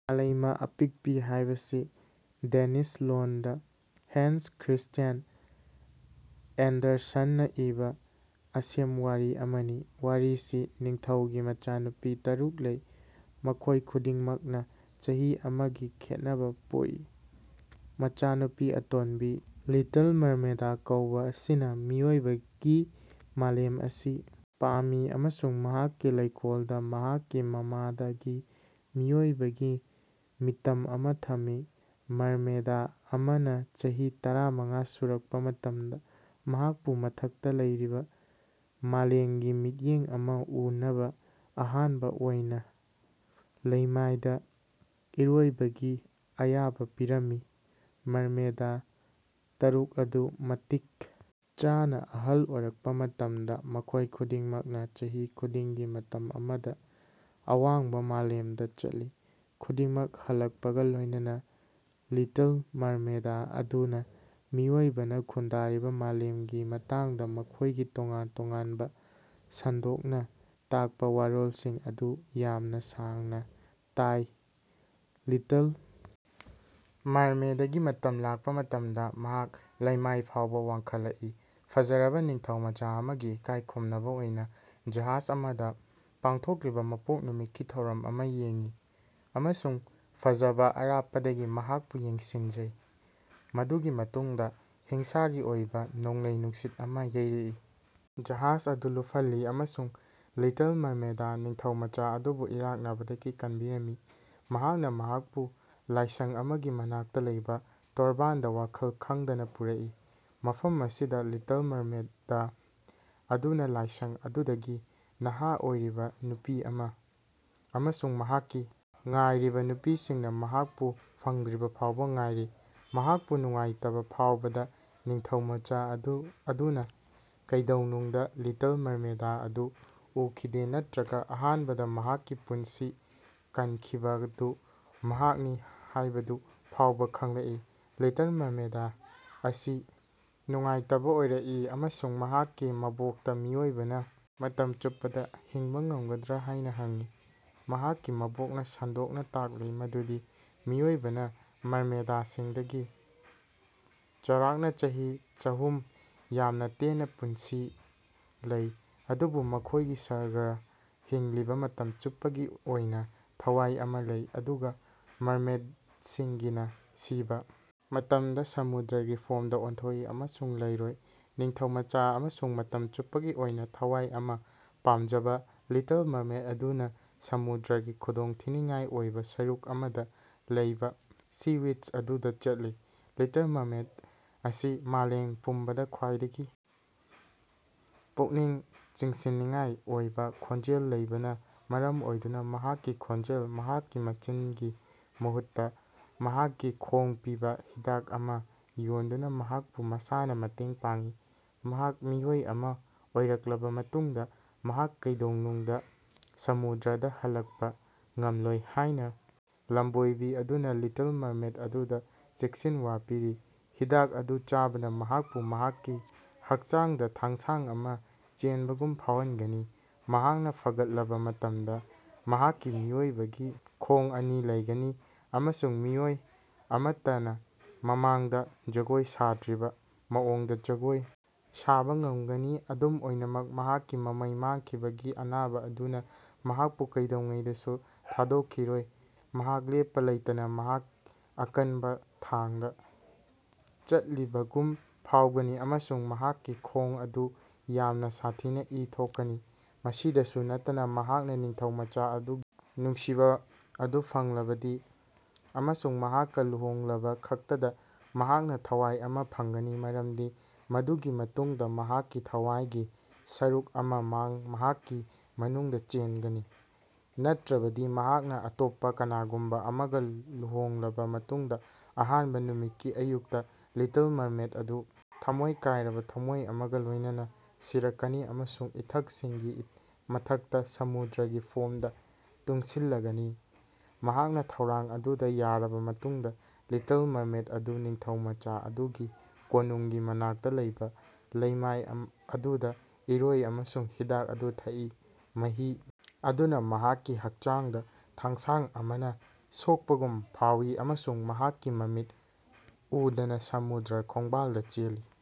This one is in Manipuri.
ꯉꯥꯂꯩꯃ ꯑꯄꯤꯛꯄꯤ ꯍꯥꯏꯕꯁꯤ ꯗꯦꯅꯤꯁ ꯂꯣꯟꯗ ꯍꯦꯟꯁ ꯈ꯭ꯔꯤꯁ꯭ꯇꯤꯌꯥꯟ ꯑꯦꯟꯗꯔꯁꯟꯅ ꯏꯕ ꯑꯁꯦꯝ ꯋꯥꯔꯤ ꯑꯃꯅꯤ꯫ ꯋꯥꯔꯤ ꯁꯤ ꯅꯤꯡꯊꯧꯒꯤ ꯃꯆꯥꯅꯨꯄꯤ ꯇꯥꯔꯨꯛ ꯂꯩ, ꯃꯈꯣꯏ ꯈꯨꯗꯤꯡꯃꯛꯅ ꯆꯍꯤ ꯑꯃꯒꯤ ꯈꯦꯠꯅꯕ ꯄꯣꯛꯏ꯫ ꯃꯆꯥꯅꯨꯄꯤ ꯑꯇꯣꯟꯕꯤ (ꯂꯤꯇꯜ ꯃꯔꯃꯦꯗ ꯀꯧꯕ) ꯑꯁꯤꯅ ꯃꯤꯑꯣꯏꯕꯒꯤ ꯃꯥꯂꯦꯝ ꯑꯁꯤ ꯄꯥꯝꯃꯤ ꯑꯃꯁꯨꯡ ꯃꯍꯥꯛꯀꯤ ꯂꯩꯀꯣꯜꯗ ꯃꯍꯥꯛꯀꯤ ꯃꯃꯥꯗꯒꯤ ꯃꯤꯑꯣꯏꯕꯒꯤ ꯃꯤꯇꯝ ꯑꯃ ꯊꯝꯃꯤ꯫ ꯃꯔꯃꯦꯗ ꯑꯃꯅ ꯆꯍꯤ ꯇꯔꯥꯃꯉꯥ ꯁꯨꯔꯛꯄ ꯃꯇꯝꯗ, ꯃꯍꯥꯛꯄꯨ ꯃꯊꯛꯇ ꯂꯩꯔꯤꯕ ꯃꯥꯂꯦꯝꯒꯤ ꯃꯤꯠꯌꯦꯡ ꯑꯃ ꯎꯅꯕ ꯑꯍꯥꯟꯕ ꯑꯣꯏꯅ ꯂꯩꯃꯥꯏꯗ ꯏꯔꯣꯏꯕꯒꯤ ꯑꯌꯥꯕ ꯄꯤꯔꯝꯃꯤ꯫ ꯃꯔꯃꯦꯗ ꯇꯥꯔꯨꯛ ꯑꯗꯨ ꯃꯇꯤꯛ ꯆꯥꯅ ꯑꯍꯜ ꯑꯣꯏꯔꯛꯄ ꯃꯇꯝꯗ, ꯃꯈꯣꯏ ꯈꯨꯗꯤꯡꯃꯛꯅ ꯆꯍꯤ ꯈꯨꯗꯤꯡꯒꯤ ꯃꯇꯝ ꯑꯃꯗ ꯑꯋꯥꯡꯕ ꯃꯥꯂꯦꯝꯗ ꯆꯠꯂꯤ꯫ ꯈꯨꯗꯤꯡꯃꯛ ꯍꯜꯂꯛꯄꯒ ꯂꯣꯏꯅꯅ, ꯂꯤꯇꯜ ꯃꯔꯃꯦꯗ ꯑꯗꯨꯅ ꯃꯤꯑꯣꯏꯕꯅ ꯈꯨꯟꯗꯥꯔꯤꯕ ꯃꯥꯂꯦꯝꯒꯤ ꯃꯇꯥꯡꯗ ꯃꯈꯣꯏꯒꯤ ꯇꯣꯉꯥꯟ-ꯇꯣꯉꯥꯟꯕ ꯁꯟꯗꯣꯛꯅ ꯇꯥꯛꯄ ꯋꯥꯔꯣꯜꯁꯤꯡ ꯑꯗꯨ ꯌꯥꯝꯅ ꯁꯥꯡꯅ ꯇꯥꯏ꯫ ꯂꯤꯇꯜ ꯃꯔꯃꯦꯗꯀꯤ ꯃꯇꯝ ꯂꯥꯛꯄ ꯃꯇꯝꯗ, ꯃꯍꯥꯛ ꯂꯩꯃꯥꯏ ꯐꯥꯎꯕ ꯋꯥꯡꯈꯠꯂꯛꯏ, ꯐꯖꯔꯕ ꯅꯤꯡꯊꯧꯃꯆꯥ ꯑꯃꯒꯤ ꯏꯀꯥꯏꯈꯨꯝꯅꯕ ꯑꯣꯏꯅ ꯖꯍꯥꯖ ꯑꯃꯗ ꯄꯥꯡꯊꯣꯛꯂꯤꯕ ꯃꯄꯣꯛ ꯅꯨꯃꯤꯠꯀꯤ ꯊꯧꯔꯝ ꯑꯃ ꯌꯦꯡꯉꯤ, ꯑꯃꯁꯨꯡ ꯁꯥꯐꯕ ꯑꯔꯥꯞꯄꯗꯒꯤ ꯃꯍꯥꯛꯄꯨ ꯌꯦꯡꯁꯤꯡꯖꯩ꯫ ꯃꯗꯨꯒꯤ ꯃꯇꯨꯡꯗ ꯍꯤꯡꯁꯥꯒꯤ ꯑꯣꯏꯕ ꯅꯣꯡꯂꯩ-ꯅꯨꯡꯁꯤꯠ ꯑꯃꯅ ꯌꯩꯔꯛꯏ, ꯖꯍꯥꯖ ꯑꯗꯨ ꯂꯨꯞꯍꯜꯂꯤ, ꯑꯃꯁꯨꯡ ꯂꯤꯇꯜ ꯃꯔꯃꯦꯗꯅ ꯅꯤꯡꯊꯧꯃꯆꯥ ꯑꯗꯨꯕꯨ ꯏꯔꯥꯛꯅꯕꯗꯒꯤ ꯀꯟꯕꯤꯔꯝꯃꯤ꯫ ꯃꯍꯥꯛꯅ ꯃꯍꯥꯛꯄꯨ ꯂꯥꯏꯁꯪ ꯑꯃꯒꯤ ꯃꯅꯥꯛꯇ ꯂꯩꯕ ꯇꯣꯔꯕꯥꯟꯗ ꯋꯥꯈꯜ ꯈꯪꯗꯅ ꯄꯨꯔꯛꯏ꯫ ꯃꯐꯝ ꯑꯁꯤꯗ, ꯂꯤꯇꯜ ꯃꯔꯃꯦꯗ ꯑꯗꯨꯅ ꯂꯥꯏꯁꯪ ꯑꯗꯨꯗꯒꯤ ꯅꯍꯥ ꯑꯣꯏꯔꯤꯕ ꯅꯨꯄꯤ ꯑꯃ ꯑꯃꯁꯨꯡ ꯃꯍꯥꯛꯀꯤ ꯉꯥꯏꯔꯤꯕ ꯅꯨꯄꯤꯁꯤꯡꯅ ꯃꯍꯥꯛꯄꯨ ꯐꯪꯗ꯭ꯔꯤꯐꯥꯎꯕ ꯉꯥꯏꯔꯤ꯫ ꯃꯍꯥꯛꯄꯨ ꯅꯨꯡꯉꯥꯏꯇꯕ ꯐꯥꯎꯕꯗ, ꯅꯤꯡꯊꯧꯃꯆꯥ ꯑꯗꯨꯅ ꯀꯩꯗꯧꯅꯨꯡꯗ ꯂꯤꯇꯜ ꯃꯔꯃꯦꯗ ꯑꯗꯨ ꯎꯈꯤꯗꯦ ꯅꯠꯇ꯭ꯔꯒ ꯑꯍꯥꯟꯕꯗ ꯃꯍꯥꯛꯀꯤ ꯄꯨꯟꯁꯤ ꯀꯟꯈꯤꯕꯗꯨ ꯃꯍꯥꯛꯅꯤ ꯍꯥꯏꯕꯗꯨ ꯐꯥꯎꯕ ꯈꯪꯂꯛꯏ꯫ ꯂꯤꯇꯜ ꯃꯔꯃꯦꯗ ꯑꯁꯤ ꯅꯨꯡꯉꯥꯏꯇꯕ ꯑꯣꯏꯔꯛꯏ ꯑꯃꯁꯨꯡ ꯃꯍꯥꯛꯀꯤ ꯃꯕꯣꯛꯇ ꯃꯤꯑꯣꯏꯕꯅ ꯃꯇꯝ ꯆꯨꯞꯄꯗ ꯍꯤꯡꯕ ꯉꯝꯒꯗ꯭ꯔ ꯍꯥꯏꯅ ꯍꯪꯏ꯫ ꯃꯍꯥꯛꯀꯤ ꯃꯕꯣꯛꯅ ꯁꯟꯗꯣꯛꯅ ꯇꯥꯛꯂꯤ ꯃꯗꯨꯗꯤ ꯃꯤꯑꯣꯏꯕꯅ ꯃꯔꯃꯦꯗꯁꯤꯡꯗꯒꯤ (ꯆꯥꯎꯔꯥꯛꯅ ꯆꯍꯤ ꯆꯥꯍꯨꯝ) ꯌꯥꯝꯅ ꯇꯦꯟꯕ ꯄꯨꯟꯁꯤ ꯂꯩ, ꯑꯗꯨꯕꯨ ꯃꯈꯣꯏꯒꯤ ꯁꯔꯒꯇ ꯍꯤꯡꯂꯤꯕ ꯃꯇꯝ ꯆꯨꯞꯄꯒꯤ ꯑꯣꯏꯕ ꯊꯋꯥꯏ ꯑꯃ ꯂꯩ, ꯑꯗꯨꯒ ꯃꯔꯃꯦꯗꯁꯤꯡꯅ ꯁꯤꯕ ꯃꯇꯝꯗ ꯁꯃꯨꯗ꯭ꯔꯒꯤ ꯐꯣꯝꯗ ꯑꯣꯟꯊꯣꯛꯏ ꯑꯃꯁꯨꯡ ꯂꯩꯔꯣꯏ꯫ ꯅꯤꯡꯊꯧꯃꯆꯥ ꯑꯃꯁꯨꯡ ꯃꯇꯝ ꯆꯨꯞꯄꯒꯤ ꯑꯣꯏꯕ ꯊꯋꯥꯏ ꯑꯃ ꯄꯥꯝꯖꯕ ꯂꯤꯇꯜ ꯃꯔꯃꯦꯗ ꯑꯗꯨꯅ ꯁꯃꯨꯗ꯭ꯔꯒꯤ ꯈꯨꯗꯣꯡꯊꯤꯅꯤꯡꯉꯥꯏ ꯑꯣꯏꯕ ꯁꯔꯨꯛ ꯑꯃꯗ ꯂꯩꯕ ꯁꯤ ꯋꯤꯆ ꯑꯗꯨꯗ ꯆꯠꯂꯤ꯫ ꯂꯤꯇꯜ ꯃꯔꯃꯦꯗ ꯑꯁꯤꯅ ꯃꯥꯂꯦꯝ ꯄꯨꯝꯕꯗ ꯈ꯭ꯋꯥꯏꯗꯒꯤ ꯄꯨꯛꯅꯤꯡ ꯆꯤꯡꯁꯤꯟꯅꯤꯡꯉꯥꯏ ꯑꯣꯏꯕ ꯈꯣꯟꯖꯦꯜ ꯂꯩꯕꯅ ꯃꯔꯝ ꯑꯣꯏꯗꯨꯅ ꯃꯍꯥꯛꯀꯤ ꯈꯣꯟꯖꯦꯜ (ꯃꯍꯥꯛꯀꯤ ꯃꯆꯤꯟ)ꯒꯤ ꯃꯍꯨꯠꯇ ꯃꯍꯥꯛꯀꯤ ꯈꯣꯡ ꯄꯤꯕ ꯍꯤꯗꯥꯛ ꯑꯃ ꯌꯣꯟꯗꯨꯅ ꯃꯍꯥꯛꯄꯨ ꯃꯁꯥꯅ ꯃꯇꯦꯡ ꯄꯥꯡꯉꯤ꯫ ꯃꯍꯥꯛ ꯃꯤꯑꯣꯏ ꯑꯃ ꯑꯣꯏꯔꯛꯂꯕ ꯃꯇꯨꯡꯗ ꯃꯍꯥꯛ ꯀꯩꯗꯧꯅꯨꯡꯗ ꯁꯃꯨꯗ꯭ꯔꯗ ꯍꯜꯂꯛꯄ ꯉꯝꯂꯣꯏ ꯍꯥꯏꯅ ꯂꯝꯕꯣꯏꯕꯤ ꯑꯗꯨꯅ ꯂꯤꯇꯜ ꯃꯔꯃꯦꯗ ꯑꯗꯨꯗ ꯆꯦꯛꯁꯤꯟꯋꯥ ꯄꯤꯔꯤ꯫ ꯍꯤꯗꯥꯛ ꯑꯗꯨ ꯆꯥꯕꯅ ꯃꯍꯥꯛꯄꯨ ꯃꯍꯥꯛꯀꯤ ꯍꯛꯆꯥꯡꯗ ꯊꯥꯡꯁꯥꯡ ꯑꯃ ꯆꯦꯟꯕꯒꯨꯝ ꯐꯥꯎꯍꯟꯒꯅꯤ꯫ ꯃꯍꯥꯛꯅ ꯐꯒꯠꯂꯕ ꯃꯇꯝꯗ, ꯃꯍꯥꯛꯀꯤ ꯃꯤꯑꯣꯏꯕꯒꯤ ꯈꯣꯡ ꯑꯅꯤ ꯂꯩꯒꯅꯤ ꯑꯃꯁꯨꯡ ꯃꯤꯑꯣꯏ ꯑꯃꯠꯇꯅ ꯃꯃꯥꯡꯗ ꯖꯒꯣꯏ ꯁꯥꯈꯤꯗ꯭ꯔꯤꯕ ꯃꯑꯣꯡꯗ ꯖꯒꯣꯏ ꯁꯥꯕ ꯉꯝꯒꯅꯤ ꯑꯗꯨꯝ ꯑꯣꯏꯅꯃꯛ, ꯃꯍꯥꯛꯀꯤ ꯃꯃꯩ ꯃꯥꯡꯈꯤꯕꯒꯤ ꯑꯅꯥꯕ ꯑꯗꯨꯅ ꯃꯍꯥꯛꯄꯨ ꯀꯩꯗꯧꯉꯩꯗꯁꯨ ꯊꯥꯗꯣꯛꯈꯤꯔꯣꯏ ꯃꯍꯥꯛ ꯂꯦꯞꯄ ꯂꯩꯇꯅ ꯃꯍꯥꯛ ꯑꯀꯟꯕ ꯊꯥꯡꯗ ꯆꯠꯂꯤꯕꯒꯨꯝ ꯐꯥꯎꯒꯅꯤ, ꯑꯃꯁꯨꯡ ꯃꯍꯥꯛꯀꯤ ꯈꯣꯡ ꯑꯗꯨ ꯌꯥꯝꯅ ꯁꯥꯊꯤꯅ ꯏ ꯊꯣꯛꯀꯅꯤ꯫ ꯃꯁꯤꯗꯁꯨ ꯅꯠꯇꯅ, ꯃꯍꯥꯛꯅ ꯅꯤꯡꯊꯧꯃꯆꯥ ꯑꯗꯨꯒꯤ ꯅꯨꯡꯁꯤꯕ ꯑꯗꯨ ꯐꯪꯂꯕꯗꯤ ꯑꯃꯁꯨꯡ ꯃꯍꯥꯛꯀ ꯂꯨꯍꯣꯡꯂꯕꯈꯛꯇꯗ ꯃꯍꯥꯛꯅ ꯊꯋꯥꯏ ꯑꯃ ꯐꯪꯒꯅꯤ, ꯃꯔꯝꯗꯤ ꯃꯗꯨꯒꯤ ꯃꯇꯨꯡꯗ ꯃꯍꯥꯛꯀꯤ ꯊꯋꯥꯏꯒꯤ ꯁꯔꯨꯛ ꯑꯃ ꯃꯍꯥꯛꯀꯤ ꯃꯅꯨꯡꯗ ꯆꯦꯟꯒꯅꯤ꯫ ꯅꯠꯇ꯭ꯔꯕꯗꯤ, ꯃꯍꯥꯛꯅ ꯑꯇꯣꯞꯄ ꯀꯅꯥꯒꯨꯝꯕ ꯑꯃꯒ ꯂꯨꯍꯣꯡꯂꯕ ꯃꯇꯨꯡꯗ ꯑꯍꯥꯟꯕ ꯅꯨꯃꯤꯠꯀꯤ ꯑꯌꯨꯛꯇ, ꯂꯤꯇꯜ ꯃꯔꯃꯦꯗ ꯑꯗꯨ ꯊꯃꯣꯏ ꯀꯥꯏꯔꯕ ꯊꯃꯣꯏ ꯑꯃꯒ ꯂꯣꯏꯅꯅ ꯁꯤꯔꯛꯀꯅꯤ ꯑꯃꯁꯨꯡ ꯏꯊꯛꯁꯤꯡꯒꯤ ꯃꯊꯛꯇ ꯁꯃꯨꯗ꯭ꯔꯒꯤ ꯐꯣꯝꯗ ꯇꯨꯡꯁꯤꯜꯂꯒꯅꯤ꯫ ꯃꯍꯥꯛꯅ ꯊꯧꯔꯥꯡ ꯑꯗꯨꯗ ꯌꯥꯔꯕ ꯃꯇꯨꯡꯗ, ꯂꯤꯇꯜ ꯃꯔꯃꯦꯗ ꯑꯗꯨꯅ ꯅꯤꯡꯊꯧꯃꯆꯥ ꯑꯗꯨꯒꯤ ꯀꯣꯅꯨꯡꯒꯤ ꯃꯅꯥꯛꯇ ꯂꯩꯕ ꯂꯩꯃꯥꯏ ꯑꯗꯨꯗ ꯏꯔꯣꯏ ꯑꯃꯁꯨꯡ ꯍꯤꯗꯥꯛ ꯑꯗꯨ ꯊꯛꯏ꯫ ꯃꯍꯤ ꯑꯗꯨꯅ ꯃꯍꯥꯛꯀꯤ ꯍꯛꯆꯥꯡꯗ ꯊꯥꯡꯁꯥꯡ ꯑꯃꯅ ꯁꯣꯛꯄꯒꯨꯝ ꯐꯥꯎꯋꯤ ꯑꯃꯁꯨꯡ ꯃꯍꯥꯛ ꯃꯃꯤꯠ ꯎꯗꯅ ꯁꯃꯨꯗ꯭ꯔ ꯈꯣꯡꯕꯥꯜꯗ ꯆꯦꯜꯂꯤ꯫